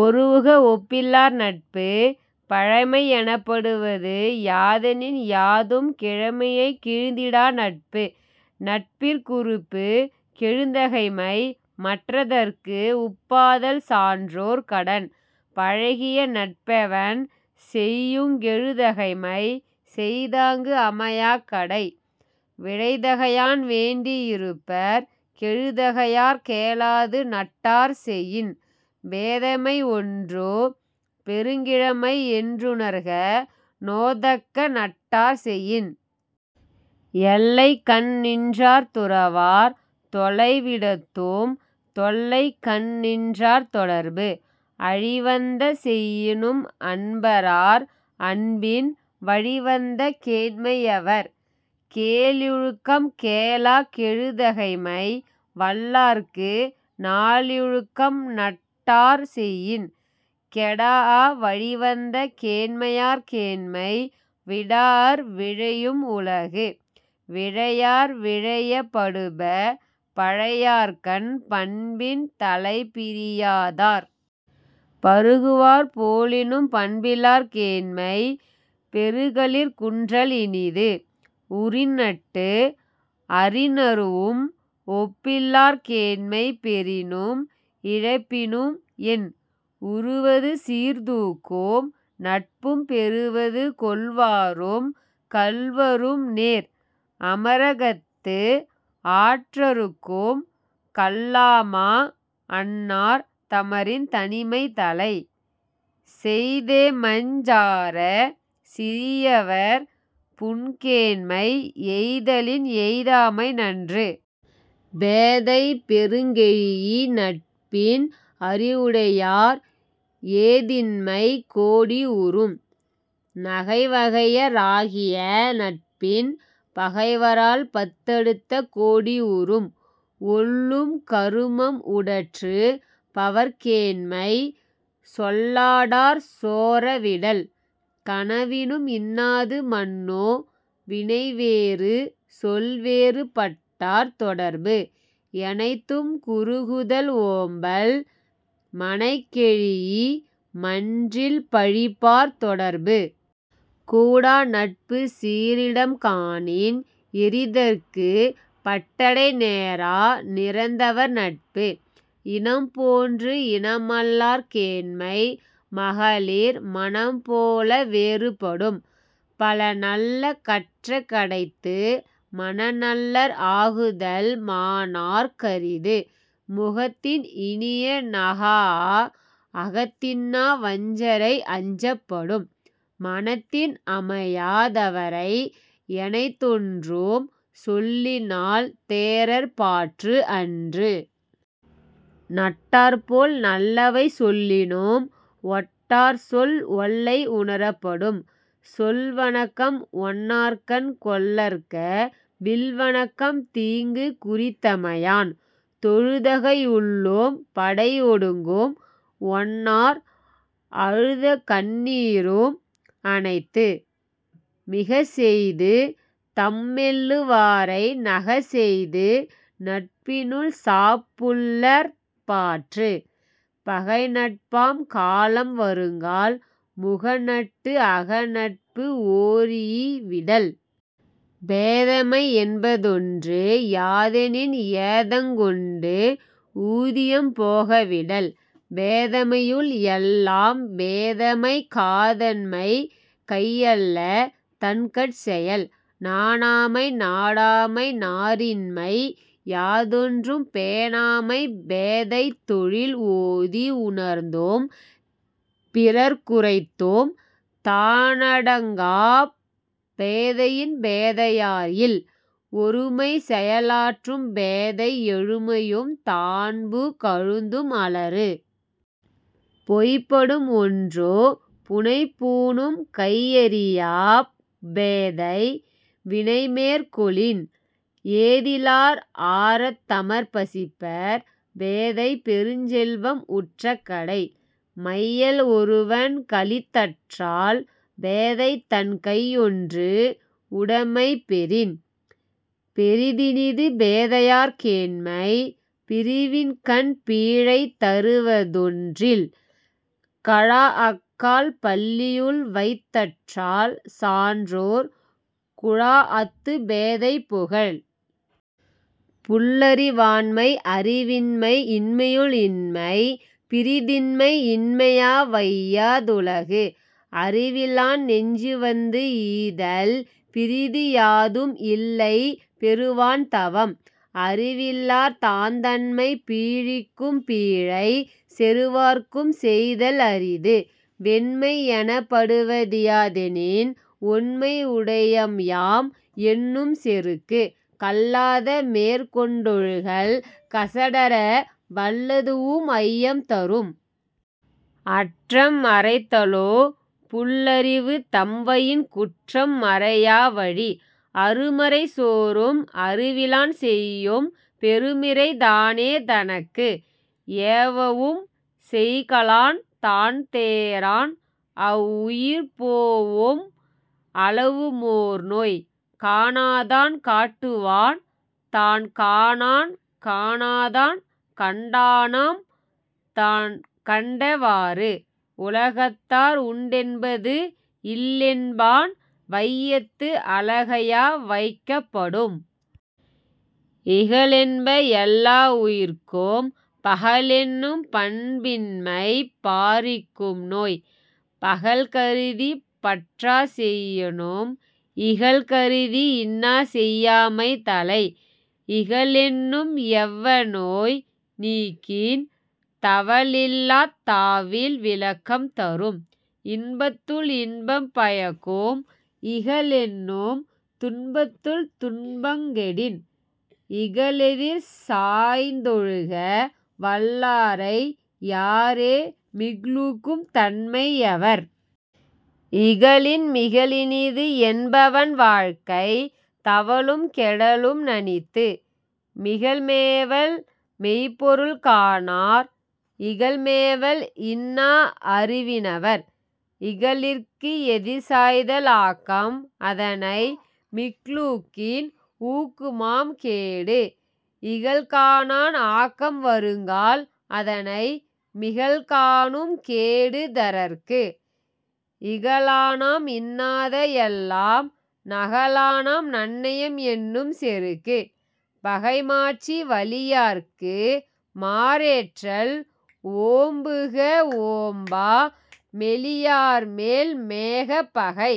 ஒருவுக ஒப்பிலார் நட்பு. பழைமை எனப்படுவது யாதெனின் யாதும் கிழமையைக் கீழ்ந்திடா நட்பு. நட்பிற் குறுப்புக் கெழுதகைமை மற்றதற்கு உப்பாதல் சான்றோர் கடன். பழகிய நட்பெவன் செய்யுங் கெழுதகைமை செய்தாங்கு அமையாக் கடை. விழைதகையான் வேண்டி இருப்பர் கெழுதகையாற் கேளாது நட்டார் செயின். பேதைமை ஒன்றோ பெருங்கிழமை என்றுணர்க நோதக்க நட்டார் செயின். எல்லைக்கண் நின்றார் துறவார் தொலைவிடத்தும் தொல்லைக்கண் நின்றார் தொடர்பு. அழிவந்த செய்யினும் அன்பறார் அன்பின் வழிவந்த கேண்மை யவர். கேளிழுக்கம் கேளாக் கெழுதகைமை வல்லார்க்கு நாளிழுக்கம் நட்டார் செயின். கெடாஅ வழிவந்த கேண்மையார் கேண்மை விடாஅர் விழையும் உலகு. விழையார் விழையப் படுப பழையார்கண் பண்பின் தலைப்பிரியா தார். பருகுவார் போலினும் பண்பிலார் கேண்மை பெருகலிற் குன்றல் இனிது. உறின்நட்டு அறின்ஙருஉம் ஒப்பிலார் கேண்மை பெறினும் இழப்பினும் என்? உறுவது சீர்தூக்கும் நட்பும் பெறுவது கொள்வாரும் கள்வரும் நேர். அமரகத்து ஆற்றறுக்கும் கல்லாமா அன்னார் தமரின் தனிமை தலை. செய்தேமஞ் சாராச் சிறியவர் புன்கேண்மை எய்தலின் எய்தாமை நன்று. பேதை பெருங்கெழீஇ நட்பின் அறிவுடையார் ஏதின்மை கோடி உறும். நகைவகைய ராகிய நட்பின் பகைவரால் பத்தடுத்த கோடி உறும். ஒல்லும் கருமம் உடற்று பவர்கேண்மை சொல்லாடார் சோர விடல். கனவினும் இன்னாது மன்னோ வினைவேறு சொல்வேறு பட்டார் தொடர்பு. எனைத்தும் குறுகுதல் ஓம்பல் மனைக்கெழீஇ மன்றில் பழிப்பார் தொடர்பு. கூடாநட்பு சீரிடம் காணின் எறிதற்குப் பட் டடை நேரா நிரந்தவர் நட்பு. இனம்போன்று இனமல்லார் கேண்மை மகளிர் மனம்போல வேறு படும். பலநல்ல கற்றக் கடைத்து மனநல்லர் ஆகுதல் மாணார்க் கரிது. முகத்தின் இனிய நகாஅ அகத்தின்னா வஞ்சரை அஞ்சப் படும். மனத்தின் அமையா தவரை எனைத்தொன்றும் சொல்லினால் தேறற்பாற்று அன்று. நட்டார்போல் நல்லவை சொல்லினும் ஒட்டார்சொல் ஒல்லை உணரப் படும். சொல்வணக்கம் ஒன்னார்கண் கொள்ளற்க வில்வணக்கம் தீங்கு குறித்தமை யான். தொழுதகை யுள்ளும் படையொடுங்கும் ஒன்னார் அழுதகண் ணீரும் அனைத்து. மிகச்செய்து தம்மெள்ளு வாரை நகச்செய்து நட்பினுள் சாப்புல்லற் பாற்று. பகைநட்பாம் காலம் வருங்கால் முகநட்டு அகநட்பு ஒரீஇ விடல். பேதைமை என்பதொன்று யாதெனின் ஏதங்கொண்டு ஊதியம் போக விடல். பேதைமையுள் எல்லாம் பேதைமை காதன்மை கையல்ல தன்கட் செயல். நாணாமை நாடாமை நாரின்மை யாதொன்றும் பேணாமை பேதை தொழில் ஓதி உணர்ந்தும் பிறர் க்குரைத்தும் தானடங்காப் பேதையின் பேதையார் இல். ஒருமைச் செயலாற்றும் பேதை எழுமையும் தான்புக் கழுந்தும் அளறு. பொய்படும் ஒன்றோ புனைபூணும் கையறியாப் பேதை வினைமேற் கொளின். ஏதிலார் ஆரத் தமர்பசிப்பர் பேதை பெருஞ்செல்வம் உற்றக் கடை. மையல் ஒருவன் களித்தற்றால் பேதைதன் கையொன்று உடைமை பெறின். பெரிதினிது பேதையார் கேண்மை பிரிவின்கண் பீழை தருவதொன் றில். கழாஅக்கால் பள்ளியுள் வைத்தற்றால் சான்றோர் குழாஅத்துப் பேதை புகல். புல்லறிவாண்மை அறிவின்மை இன்மையுள் இன்மை பிறிதின்மை இன்மையா வையா துலகு. அறிவிலான் நெஞ்சுவந்து ஈதல் பிறிதியாதும் இல்லை பெறுவான் தவம். அறிவிலார் தாந்தம்மைப் பீழிக்கும் பீழை செறுவார்க்கும் செய்தல் அரிது. வெண்மை எனப்படுவ தியாதெனின் ஒண்மை உடையம்யாம் என்னும் செருக்கு. கல்லாத மேற்கொண் டொழுகல் கசடற வல்லதூஉம் ஐயம் தரும். அற்றம் மறைத்தலோ புல்லறிவு தம்வயின் குற்றம் மறையா வழி. அருமறை சோரும் அறிவிலான் செய்யும் பெருமிறை தானே தனக்கு. ஏவவும் செய்கலான் தான்தேறான் அவ்வுயிர் போஒம் அளவுமோர் நோய். காணாதான் காட்டுவான் தான்காணான் காணாதான் கண்டானாம் தான்கண்ட வாறு. உலகத்தார் உண்டென்பது இல்லென்பான் வையத்து அலகையா வைக்கப் படும். இகலென்ப எல்லா உயிர்க்கும் பகலென்னும் பண்பின்மை பாரிக்கும் நோய். பகல்கருதிப் பற்றா செயினும் இகல்கருதி இன்னாசெய் யாமை தலை. இகலென்னும் எவ்வநோய் நீக்கின் தவலில்லாத் தாவில் விளக்கம் தரும். இன்பத்துள் இன்பம் பயக்கும் இகலென்னும் துன்பத்துள் துன்பங் கெடின். இகலெதிர் சாய்ந்தொழுக வல்லாரை யாரே மிக்லூக்கும் தன்மை யவர். இகலின் மிகலினிது என்பவன் வாழ்க்கை தவலும் கெடலும் நணித்து. மிகல்மேவல் மெய்ப்பொருள் காணார் இகல்மேவல் இன்னா அறிவி னவர். இகலிற்கு எதிர்சாய்தல் ஆக்கம் அதனை மிக்லூக்கின் ஊக்குமாம் கேடு. இகல்காணான் ஆக்கம் வருங்கால் அதனை மிகல்காணும் கேடு தரற்கு. இகலானாம் இன்னாத எல்லாம் நகலானாம் நன்னயம் என்னும் செருக்கு. பகைமாட்சி வலியார்க்கு மாறேற்றல் ஓம்புக ஓம்பா மெலியார்மேல் மேக பகை.।